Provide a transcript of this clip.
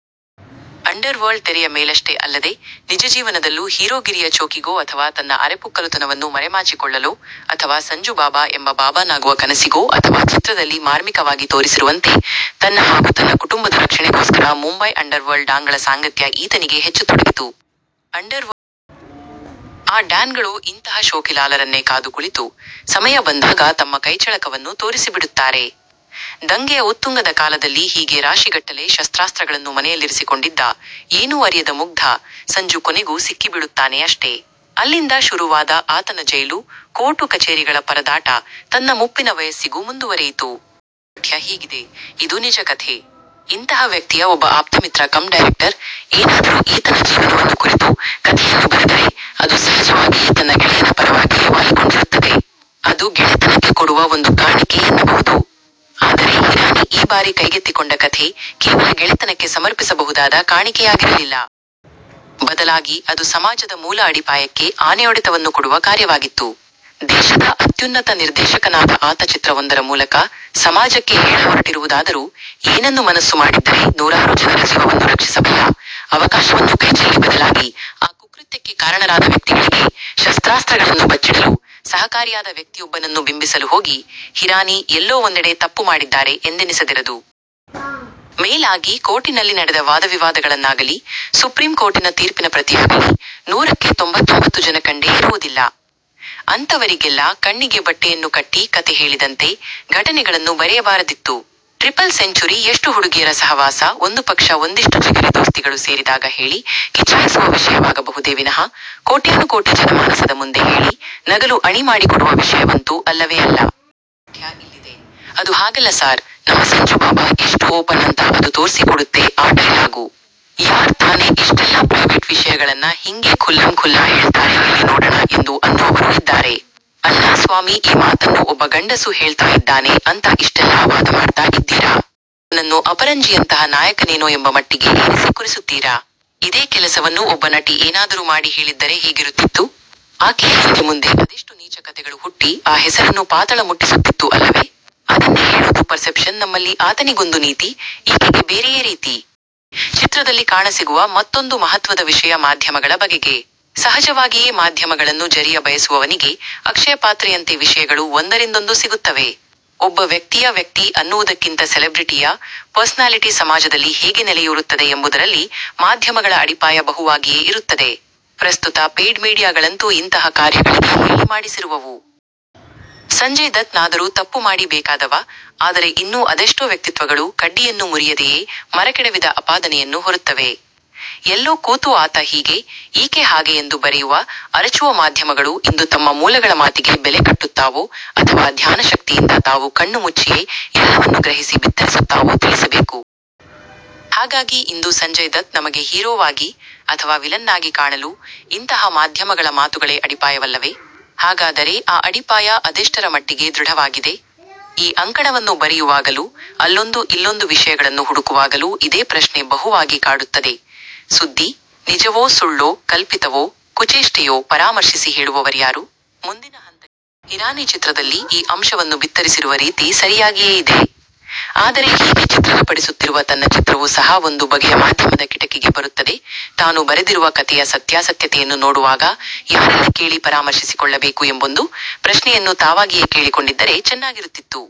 Under world ತೆರೆಯ ಮೇಲಷ್ಟೇ ಅಲ್ಲದೆ ನಿಜಜೀವನದಲ್ಲೂ ಹೀರೋಗಿರಿಯ ಶೋಕಿಗೋ ಅಥವ ತನ್ನ ಅರೆಪುಕ್ಕಲುತನವನ್ನು ಮರೆಮಾಚಿಕೊಳ್ಳಲೋ ಅಥವಾ 'ಸಂಜು ಬಾಬಾ' ಎಂಬ ಬಾಬಾನಾಗುವ ಕನಸಿಗೋ ಅಥವಾ ಚಿತ್ರದಲ್ಲಿ 'ಮಾರ್ಮಿಕ'ವಾಗಿ ತೋರಿಸಿರುವಂತೆ ತನ್ನ ಹಾಗು ತನ್ನ ಕುಟುಂಬದ ರಕ್ಷಣೆಗೋಸ್ಕರ ಮುಂಬೈ ಅಂಡರ್ ವರ್ಲ್ಡ್ ಡಾನ್ಗಳ ಸಾಂಗತ್ಯ ಈತನಿಗೆ ಹೆಚ್ಚಾಗತೊಡಗಿತು. ಆ ಡಾನ್ ಗಳೋ ಇಂತಹ ಶೋಕಿಲಾಲರನ್ನೇ ಕಾದು ಕುಳಿತು ಸಮಯ ಬಂದಾಗ ತಮ್ಮ ಕೈಚಳಕವನ್ನು ತೋರಿಸಿಬಿಡುತ್ತಾರೆ. ದಂಗೆಯ ಉತ್ತುಂಗದ ಕಾಲದಲ್ಲಿ ಹೀಗೆ ರಾಶಿಗಟ್ಟಲೆ ಶಸ್ತ್ರಾಸ್ತ್ರಗಳನ್ನು ಮನೆಯಲ್ಲಿರಿಸಿಕೊಂಡಿದ್ದ 'ಏನೂ ಅರಿಯದ ಮುಗ್ದ' ಸಂಜು ಕೊನೆಗೂ ಸಿಕ್ಕಿಬೀಳುತ್ತಾನೆ ಅಷ್ಟೇ. ಅಲ್ಲಿಂದ ಶುರುವಾದ ಆತನ ಜೈಲು, ಕೋರ್ಟು ಕಚೇರಿಗಳ ಪರದಾಟ ತನ್ನ ಮುಪ್ಪಿನ ವಯಸ್ಸಿಗೂ ಮುಂದುವರೆಯಿತು. ಇದು ನಿಜಕಥೆ. ಇಂತಹ ವ್ಯಕ್ತಿಯ ಒಬ್ಬ ಆಪ್ತಮಿತ್ರ ಕಮ್ ಡೈರೆಕ್ಟರ್ ಏನಾದರೂ ಈತನ ಜೀವನವನ್ನು ಕುರಿತು ಕತೆಯನ್ನು ಬರೆದರೆ ಅದು ಸಹಜವಾಗಿಯೇ ತನ್ನ ಗೆಳೆಯನ ಪರವಾಗಿಯೇ ವಾಲಿಕೊಂಡಿರುತ್ತದೆ. ಅದು ಗೆಳೆತನಕ್ಕೆ ಕೊಡುವ ಒಂದು ಕಾಣಿಕೆ ಎನ್ನಬಹುದು. ಆದರೆ ಹಿರಾನಿ ಈ ಬಾರಿ ಕೈಗೆತ್ತಿಕೊಂಡ ಕಥೆ ಕೇವಲ ಗೆಳೆತನಕ್ಕೆ ಸಮರ್ಪಿಸಬಹುದಾದ ಕಾಣಿಕೆಯಾಗಿರಲಿಲ್ಲ. ಬದಲಾಗಿ ಅದು ಸಮಾಜದ ಮೂಲ ಅಡಿಪಾಯಕ್ಕೆ ಆನೆಯೊಡೆತವನ್ನು ಕೊಡುವ ಕಾರ್ಯವಾಗಿತ್ತು. ದೇಶದ ಅತ್ಯುನ್ನತ ನಿರ್ದೇಶಕನಾದ ಆತ ಚಿತ್ರವೊಂದರ ಮೂಲಕ ಸಮಾಜಕ್ಕೆ ಹೇಳಹೊರಟಿರುವುದಾದರೂ ಏನನ್ನು ಮನಸ್ಸು ಮಾಡಿದ್ದರೆ ನೂರಾರು ಜನರ ಜೀವವನ್ನು ರಕ್ಷಿಸಬಲ್ಲ ಅವಕಾಶವನ್ನು ಕೈಚೆಲ್ಲಿ ಬದಲಾಗಿ ಆ ಕುಕೃತ್ಯಕ್ಕೆ ಕಾರಣರಾದ ವ್ಯಕ್ತಿಗಳಿಗೇ ಶಸ್ತ್ರಾಸ್ತಗಳನ್ನು ಬಚ್ಚಿಡಲು ಸಹಕಾರಿಯಾದ ವ್ಯಕ್ತಿಯೊಬ್ಬನನ್ನು ಬಿಂಬಿಸಲು ಹೋಗಿ ಹಿರಾನಿ ಎಲ್ಲೋ ಒಂದೆಡೆ ತಪ್ಪು ಮಾಡಿದ್ದಾರೆ ಎಂದೆನಿಸದಿರದು. ಮೇಲಾಗಿ ಕೋರ್ಟಿನಲ್ಲಿ ನಡೆದ ವಾದವಿವಾದಗಳನ್ನಾಗಲಿ, ಸುಪ್ರೀಂ ಕೋರ್ಟಿನ ತೀರ್ಪಿನ ಪ್ರತಿಯಾಗಲಿ ನೂರಕ್ಕೆ ತೊಂಬತ್ತೊಂಬತ್ತು ಜನ ಕಂಡೇ ಇರುವುದಿಲ್ಲ. ಅಂತವರಿಗೆಲ್ಲ ಕಣ್ಣಿಗೆ ಬಟ್ಟೆಯನ್ನು ಕಟ್ಟಿ ಕತೆ ಹೇಳಿದಂತೆ ಘಟನೆಗಳನ್ನು ಬರೆಯಬಾರದಿತ್ತು. ಟ್ರಿಪಲ್ ಸೆಂಚೂರಿ ಯಷ್ಟು ಹುಡುಗಿಯರ ಸಹವಾಸ ಒಂದುಪಕ್ಷ ಒಂದಿಷ್ಟು ಜಿಗರಿ ದೋಸ್ತಿಗಳು ಸೇರಿದಾಗ ಹೇಳಿ ಕಿಚಾಯಿಸುವ ವಿಷಯವಾಗಬಹುದೇ ವಿನಃ ಕೋಟ್ಯಾನುಕೋಟಿ ಜನಮಾನಸದ ಮುಂದೆ ಹೇಳಿ ನಗಲು ಅಣಿಮಾಡಿಕೊಡುವ ವಿಷಯವಂತು ಅಲ್ಲವೇ ಅಲ್ಲ. 'ಅದು ಹಾಗಲ್ಲ ಸಾರ್, ನಮ್ ಸಂಜು ಬಾಬಾ ಎಷ್ಟು ಓಪನ್ ಅಂತ ಅದು ತೋರ್ಸಿ ಕೊಡುತ್ತೆ ಆ ಡೈಲಾಗು. ಯಾರ್ ತಾನೇ ಇಷ್ಟೆಲ್ಲಾ ಪ್ರೈವೇಟ್ ವಿಷಯಗಳನ್ನ ಹಿಂಗೇ ಖುಲ್ಲಂ ಖುಲ್ಲಾ ಹೇಳ್ತಾರೆ ಹೇಳಿ ನೋಡಣ ' ಎಂದು ಅನ್ನುವವರೂ ಇದ್ದಾರೆ. ಅಲ್ಲಾ ಸ್ವಾಮಿ ಈ ಮಾತನ್ನು ಒಬ್ಬ ಗಂಡಸು ಹೇಳ್ತಾ ಇದ್ದಾನೆ ಅಂತ ಇಷ್ಟೆಲ್ಲಾ ವಾದಮಾಡ್ತಾ ಇದ್ದೀರಾ. ಅವನನ್ನು ಅಪರಂಜಿಯಂತಹ ನಾಯಕನೇನೋ ಎಂಬ ಮಟ್ಟಿಗೆ ಏರಿಸಿ ಕೂರಿಸುತ್ತೀರಾ. ಇದೆ ಕೆಲಸವನ್ನು ಒಬ್ಬ ನಟಿ ಏನಾದರು ಮಾಡಿ ಹೇಳಿದ್ದರೆ ಹೇಗಿರುತ್ತಿತ್ತು? ಆಕೆಯ ಹಿಂದೆ ಮುಂದೆ ಅದೆಷ್ಟು ನೀಚ ಕತೆಗಳು ಹುಟ್ಟಿ ಆ ಹೆಸರನ್ನು ಪಾತಾಳ ಮುಟ್ಟಿಸುತ್ತಿತ್ತು ಅಲ್ಲವೇ? ಅದನ್ನೇ ಹೇಳೋದು ಪರ್ಸೆಪ್ಷನ್ ನಮ್ಮಲ್ಲಿ ಆತನಿಗೊಂದು ನೀತಿ ಈಕೆಗೆ ಬೇರೆಯೇ ರೀತಿ. ಚಿತ್ರದಲ್ಲಿ ಕಾಣಸಿಗುವ ಮತ್ತೊಂದು ಮಹತ್ವದ ವಿಷಯ ಮಾಧ್ಯಮಗಳ ಬಗೆಗೆ. ಸಹಜವಾಗಿಯೇ ಮಾಧ್ಯಮಗಳನ್ನು ಜರಿಯ ಬಯಸುವವನಿಗೆ ಅಕ್ಷಯ ಪಾತ್ರೆಯಂತೆ ವಿಷಯಗಳು ಒಂದರಿಂದೊಂದು ಸಿಗುತ್ತವೆ. ಒಬ್ಬ ವ್ಯಕ್ತಿಯ, ವ್ಯಕ್ತಿ ಅನ್ನುವುದಕ್ಕಿಂತ ಸೆಲೆಬ್ರಿಟಿಯ, ಪರ್ಸನಾಲಿಟಿ ಸಮಾಜದಲ್ಲಿ ಹೇಗೆ ನೆಲೆಯೂರುತ್ತದೆ ಎಂಬುದರಲ್ಲಿ ಮಾಧ್ಯಮಗಳ ಅಡಿಪಾಯ ಬಹುವಾಗಿಯೇ ಇರುತ್ತದೆ. ಪ್ರಸ್ತುತ ಪೇಯ್ಡ್ ಮೀಡಿಯಾಗಳಂತೂ ಇಂತಹ ಕಾರ್ಯಗಳಿಗೆ ಹೇಳಿ ಮಾಡಿಸಿರುವವು. ಸಂಜಯ್ ದತ್ ನಾದರೂ ತಪ್ಪು ಮಾಡಿ ಬೆಪ್ಪಾದವ, ಆದರೆ ಇನ್ನೂ ಅದೆಷ್ಟೋ ವ್ಯಕ್ತಿತ್ವಗಳು ಕಡ್ಡಿಯನ್ನು ಮುರಿಯದೆಯೇ ಮರಕೆಡವಿದ ಅಪಾದನೆಯನ್ನು ಹೊರುತ್ತವೆ. ಎಲ್ಲೋ ಕೂತು ಆತ ಹೀಗೆ, ಈಕೆ ಹಾಗೆ ಎಂದು ಬರೆಯುವ, ಅರಚುವ ಮಾಧ್ಯಮಗಳು ಇಂದು ತಮ್ಮ ಮೂಲಗಳ ಮಾತಿಗೆ ಬೆಲೆ ಕಟ್ಟುತ್ತಾವೋ ಅಥವಾ ಧ್ಯಾನಶಕ್ತಿಯಿಂದ ತಾವು ಕಣ್ಣುಮುಚ್ಚಿಯೇ ಎಲ್ಲವನ್ನು ಗ್ರಹಿಸಿ ಬಿತ್ತರಿಸುತ್ತಾವೆಯೋ ತಿಳಿಸಬೇಕು. ಹಾಗಾಗಿ ಇಂದು ಸಂಜಯ್ ದತ್ ನಮಗೆ ಹೀರೋವಾಗಿ ಅಥವಾ ವಿಲನ್ನಾಗಿ ಕಾಣಲು ಇಂತಹ ಮಾಧ್ಯಮಗಳ ಮಾತುಗಳೇ ಅಡಿಪಾಯವಲ್ಲವೆ? ಹಾಗಾದರೆ ಆ ಅಡಿಪಾಯ ಅದೆಷ್ಟರ ಮಟ್ಟಿಗೆ ದೃಢವಾಗಿದೆ? ಈ ಅಂಕಣವನ್ನು ಬರೆಯುವಾಗಲೂ, ಅಲ್ಲೊಂದು ಇಲ್ಲೊಂದು ವಿಷಯಗಳನ್ನು ಹುಡುಕುವಾಗಲೂ ಇದೇ ಪ್ರಶ್ನೆ ಬಹುವಾಗಿ ಕಾಡುತ್ತದೆ ಸುದ್ದಿ ನಿಜವೋ, ಸುಳ್ಳೋ, ಕಲ್ಪಿತವೋ, ಕುಚೇಷ್ಠೆಯೋ ಪರಾಮರ್ಶಿಸಿ ಹೇಳುವವರ್ಯಾರು? ಹಿರಾನಿ ಚಿತ್ರದಲ್ಲಿ ಈ ಅಂಶವನ್ನು ಬಿತ್ತರಿಸಿರುವ ರೀತಿ ಸರಿಯಾಗಿಯೇ ಇದೆ. ಆದರೆ ಹೀಗೆ ಬಿತ್ತರಪಡಿಸುತ್ತಿರುವ ತನ್ನ ಚಿತ್ರವೂ ಸಹ ಒಂದು ಬಗೆಯ ಮಾಧ್ಯಮದ ಕೆಟಗರಿಗೆ ಬರುತ್ತದೆ, ತಾನು ಬರೆದಿರುವ ಕತೆಯ ಸತ್ಯಾಸತ್ಯತೆಯನ್ನು ನೋಡುವಾಗ ಯಾರಲ್ಲಿ ಕೇಳಿ ಪರಾಮರ್ಶಿಸಿಕೊಳ್ಳಬೇಕು ಎಂಬೊಂದು ಪ್ರಶ್ನೆಯನ್ನೂ ತಾವಾಗಿಯೇ ಕೇಳಿಕೊಂಡಿದ್ದರೆ ಚೆನ್ನಾಗಿರುತ್ತಿತ್ತು.